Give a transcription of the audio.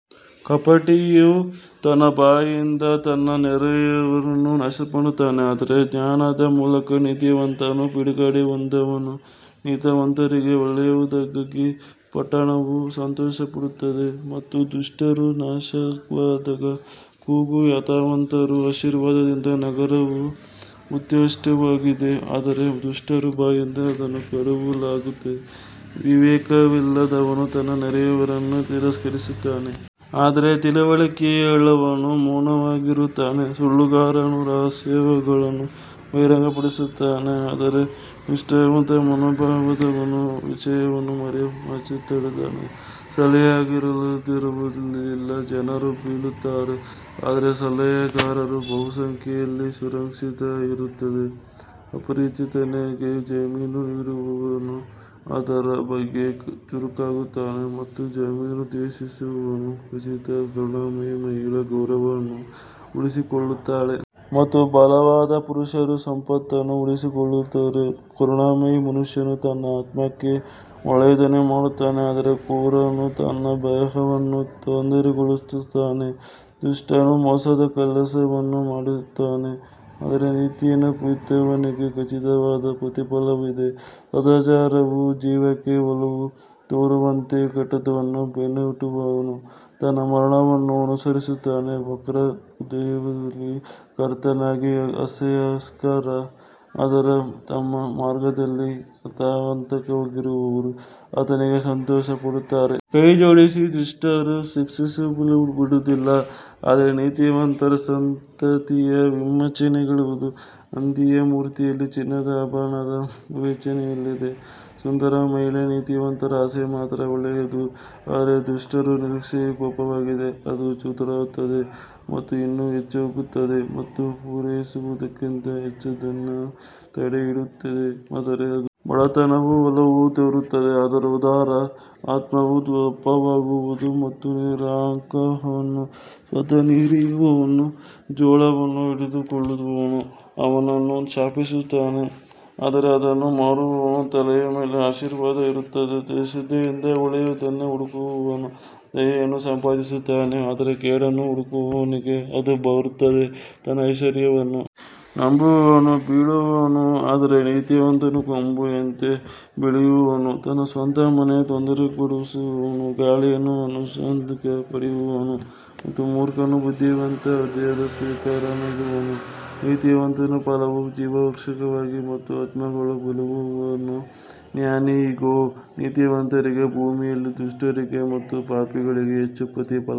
ಕಪಟಿಯು ತನ್ನ ಬಾಯಿಯಿಂದ ತನ್ನ ನೆರೆಯವರನ್ನು ನಾಶಮಾಡುತ್ತಾನೆ ಆದರೆ ಜ್ಞಾನದ ಮೂಲಕ ನೀತಿವಂತನು ಬಿಡುಗಡೆ ಹೊಂದುವನು ನೀತಿವಂತರಿಗೆ ಒಳ್ಳೆಯದಾಗುವಾಗ ಪಟ್ಟಣವು ಸಂತೋಷಪಡುತ್ತದೆ ಮತ್ತು ದುಷ್ಟರು ನಾಶವಾದಾಗ ಕೂಗು. ಯಥಾರ್ಥವಂತರ ಆಶೀರ್ವಾದದಿಂದ ನಗರವು ಉತ್ಕೃಷ್ಟವಾಗಿದೆ ಆದರೆ ದುಷ್ಟರ ಬಾಯಿಂದ ಅದನ್ನು ಕೆಡವಲಾಗುತ್ತದೆ ವಿವೇಕವಿಲ್ಲದವನು ತನ್ನ ನೆರೆಯವನನ್ನು ತಿರಸ್ಕರಿಸುತ್ತಾನೆ ಆದರೆ ತಿಳುವಳಿಕೆಯುಳ್ಳವನು ಮೌನವಾಗಿರುತ್ತಾನೆ ಸುಳ್ಳುಗಾರನು ರಹಸ್ಯಗಳನ್ನು ಬಹಿರಂಗಪಡಿಸುತ್ತಾನೆ ಆದರೆ ನಿಷ್ಠಾವಂತ ಮನೋಭಾವದವನು ವಿಷಯವನ್ನು ಮರೆಮಾಚುತ್ತಾನೆ ಸಲಹೆಗಾರರಿಲ್ಲದಿರುವಲ್ಲಿ ಜನರು ಬೀಳುತ್ತಾರೆ ಆದರೆ ಸಲಹೆಗಾರರ ಬಹುಸಂಖ್ಯೆಯಲ್ಲಿ ಸುರಕ್ಷತೆ ಇರುತ್ತದೆ ಅಪರಿಚಿತನಿಗೆ ಜಾಮೀನು ನೀಡುವವನು ಅದರ ಬಗ್ಗೆ ಚುರುಕಾಗುತ್ತಾನೆ ಮತ್ತು ಜಾಮೀನು ದ್ವೇಷಿಸುವವನು ಖಚಿತ ಕರುಣಾಮಯಿ ಮಹಿಳೆ ಗೌರವವನ್ನು ಉಳಿಸಿಕೊಳ್ಳುತ್ತಾಳೆ ಮತ್ತು ಬಲವಾದ ಪುರುಷರು ಸಂಪತ್ತನ್ನು ಉಳಿಸಿಕೊಳ್ಳುತ್ತಾರೆ ಕರುಣಾಮಯಿ ಮನುಷ್ಯನು ತನ್ನ ಆತ್ಮಕ್ಕೆ ಒಳ್ಳೆಯದನ್ನು ಮಾಡುತ್ತಾನೆ ಆದರೆ ಕ್ರೂರನು ತನ್ನ ದೇಹವನ್ನು ತೊಂದರೆಗೊಳಿಸುತ್ತಾನೆ ದುಷ್ಟನು ಮೋಸದ ಕೆಲಸವನ್ನು ಮಾಡುತ್ತಾನೆ ಆದರೆ ನೀತಿಯನ್ನು ಬಿತ್ತುವವನಿಗೆ ಖಚಿತವಾದ ಪ್ರತಿಫಲವಿದೆ ಸದಾಚಾರವು ಜೀವಕ್ಕೆ ಒಲವು ತೋರುವಂತೆ ಕೆಟ್ಟದ್ದನ್ನು ಬೆನ್ನಟ್ಟುವವನು ತನ್ನ ಮರಣವನ್ನು ಅನುಸರಿಸುತ್ತಾನೆ ವಕ್ರ ಹೃದಯದವರು ಕರ್ತನಿಗೆ ಅಸಹ್ಯಕರರು ಆದರೆ ತಮ್ಮ ಮಾರ್ಗದಲ್ಲಿ ಯಥಾರ್ಥವಾಗಿರುವವರು ಆತನಿಗೆ ಸಂತೋಷಪಡುತ್ತಾರೆ. ಕೈಜೋಡಿಸಿದರೂ ದುಷ್ಟರು ಶಿಕ್ಷಿಸಲ್ಪಡುವುದಿಲ್ಲ ಆದರೆ ನೀತಿವಂತರ ಸಂತತಿಯು ವಿಮೋಚನೆಗೊಳ್ಳುವದು ಹಂದಿಯ ಮೂತಿಯಲ್ಲಿ ಚಿನ್ನದ ಆಭರಣದಂತೆ ವಿವೇಚನೆಯಿಲ್ಲದ ಸುಂದರ ಮಹಿಳೆ ನೀತಿವಂತರ ಆಸೆ ಮಾತ್ರ ಒಳ್ಳೆಯದು ಆದರೆ ದುಷ್ಟರ ನಿರೀಕ್ಷೆಯು ಕೋಪವಾಗಿದೆ ಅದು ಚದುರುತ್ತದೆ ಮತ್ತು ಇನ್ನೂ ಹೆಚ್ಚಾಗುತ್ತದೆ ಮತ್ತು ಪೂರೈಸುವುದಕ್ಕಿಂತ ಹೆಚ್ಚಿನದನ್ನು ತಡೆಹಿಡಿಯುತ್ತದೆ ಆದರೆ ಅದು ಬಡತನಕ್ಕೆ ಒಲವು ತೋರುತ್ತದೆ ಉದಾರ ಆತ್ಮವು ದಪ್ಪವಾಗುವುದು ಮತ್ತು ನೀರುಹಾಕುವವನು ಸ್ವತಃ ನೀರಿರುವನು ಜೋಳವನ್ನು ಹಿಡಿದಿಟ್ಟುಕೊಳ್ಳುವವನು ಅವನನ್ನು ಶಪಿಸುತ್ತಾನೆ ಆದರೆ ಅದನ್ನು ಮಾರುವವನ ತಲೆಯ ಮೇಲೆ ಆಶೀರ್ವಾದ ಇರುತ್ತದೆ ಶ್ರದ್ಧೆಯಿಂದ ಒಳ್ಳೆಯದನ್ನು ಹುಡುಕುವವನು ದಯೆಯನ್ನು ಸಂಪಾದಿಸುತ್ತಾನೆ ಆದರೆ ಕೇಡನ್ನು ಹುಡುಕುವವನಿಗೆ ಅದು ಬರುತ್ತದೆ ತನ್ನ ಐಶ್ವರ್ಯವನ್ನು ನಂಬುವವನು ಬೀಳುವನು ಆದರೆ ನೀತಿವಂತನು ಕೊಂಬೆಯಂತೆ ಬೆಳೆಯುವನು ತನ್ನ ಸ್ವಂತ ಮನೆಯನ್ನು ತೊಂದರೆಪಡಿಸುವವನು ಗಾಳಿಯನ್ನು ಆನುವಂಶಿಕವಾಗಿ ಪಡೆಯುವನು ಮತ್ತು ಮೂರ್ಖನು ಬುದ್ಧಿವಂತ ಹೃದಯದ ಸೇವಕನಾಗಿರುವನು ನೀತಿವಂತನ ಫಲವು ಜೀವವೃಕ್ಷವಾಗಿದೆ ಮತ್ತು ಆತ್ಮಗಳನ್ನು ಗೆಲ್ಲುವವನು ಜ್ಞಾನಿ ಇಗೋ, ನೀತಿವಂತರಿಗೆ ಭೂಮಿಯಲ್ಲಿ ದುಷ್ಟರಿಗೆ ಮತ್ತು ಪಾಪಿಗಳಿಗೆ ಹೆಚ್ಚು ಪ್ರತಿಫಲ